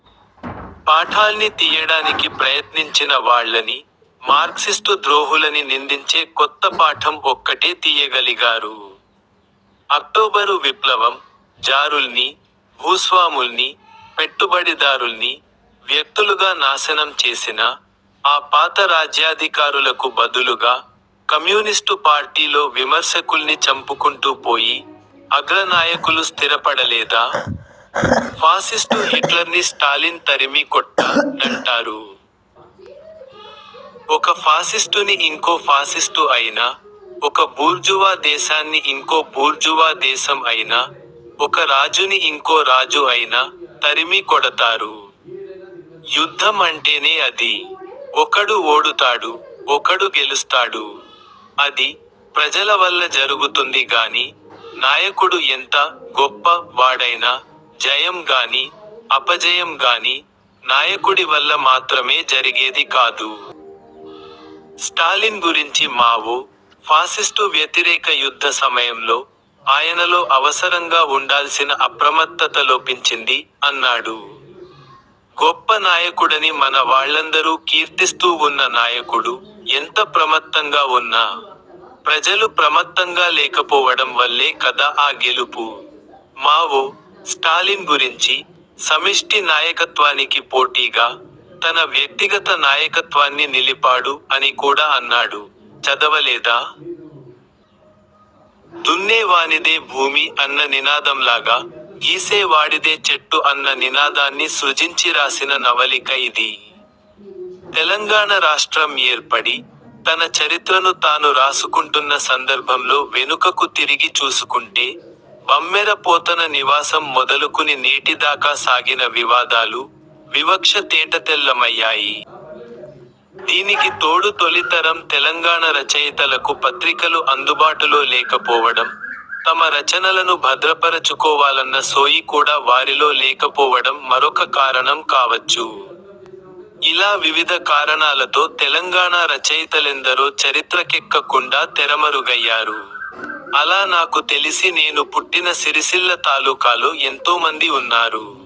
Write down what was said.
పాఠాల్ని తియ్యడానికి ప్రయత్నించిన వాళ్ళని, మార్క్సిస్టు ద్రోహులని నిందించే కొత్త పాఠం ఒక్కటే తియ్యగలిగారు. అక్టోబరు విప్లవం, జారుల్నీ, భూస్వాముల్నీ, పెట్టుబడిదారుల్నీ, వ్యక్తులుగా నాశనం చేసినా, ఆ పాత రాజ్యాధికారులకు బదులుగా, కమ్యూనిస్టు పార్టీలో విమర్శకుల్ని చంపుకుంటూ పోయి, అగ్ర నాయకులు స్తిరపడలేదా? 'ఫాసిస్టు హిట్లర్ని స్టాలిన్ తరిమి కొట్టా' డంటారు. ఒక ఫాసిస్టుని ఇంకో ఫాసిస్టు అయినా, ఒక బూర్జువా దేశాన్ని ఇంకో బూర్జువా దేశం అయినా, ఒక రాజుని ఇంకో రాజు అయినా, తరిమి కొడతారు. యుద్ధం అంటేనే అది. ఒకడు ఓడుతాడు, ఒకడు గెలుస్తాడు. అది, ప్రజల వల్ల జరుగుతుంది గానీ, నాయకుడు ఎంత 'గొప్ప' వాడైనా, జయం గానీ, అపజయం గానీ, నాయకుడి వల్ల మాత్రమే జరిగేది కాదు. స్టాలిన్ గురించి మావో, ''ఫాసిస్టు వ్యతిరేక యుద్ధ సమయంలో, ఆయనలో అవసరంగా వుండాల్సిన అప్రమత్తత లోపించింది'' అన్నాడు. గొప్ప నాయకుడని మన వాళ్ళందరూ కీర్తిస్తూ వున్న నాయకుడు, ఎంత ప్రమత్తంగా వున్నా, ప్రజలు ప్రమత్తంగా లేకపోవడం వల్లే కదా ఆ గెలుపు! మావో, స్టాలిన్ గురించి, ''సమిష్టి నాయకత్వానికి పోటీగా, తన వ్యక్తిగత నాయకత్వాన్ని నిలిపాడు'' అని కూడా అన్నాడు, చదవలేదా? 'దున్నే వానిదే భూమి' అన్న నినాదంలాగా 'గీసే వాడిదే చెట్టు' అన్న నినాదాన్ని సృజించి రాసిన నవలిక ఇది. తెలంగాణ రాష్ట్రం ఏర్పడి, తన చరిత్రను తాను రాసుకుంటున్న సందర్భంలో వెనుకకు తిరిగి చూసుకుంటే, బమ్మెర పోతన నివాసం మొదలుకుని నేటి దాకా సాగిన వివాదాలు, వివక్ష తేటతెల్లమయ్యాయి. దీనికి తోడు తొలి తరం తెలంగాణ రచయితలకు పత్రికలు అందుబాటులో లేకపోవడం, తమ రచనలను భద్రపరచుకోవాలన్న సోయి కూడా వారిలో లేకపోవడం మరొక కారణం కావచ్చు. ఇలా వివిధ కారణాలతో తెలంగాణా రచయితలెందరో చరిత్రకెక్క కుండా తెరమరుగయ్యారు. అలా నాకు తెలిసి నేను పుట్టిన సిరిసిల్ల తాలూకాలో ఎంతోమంది ఉన్నారు.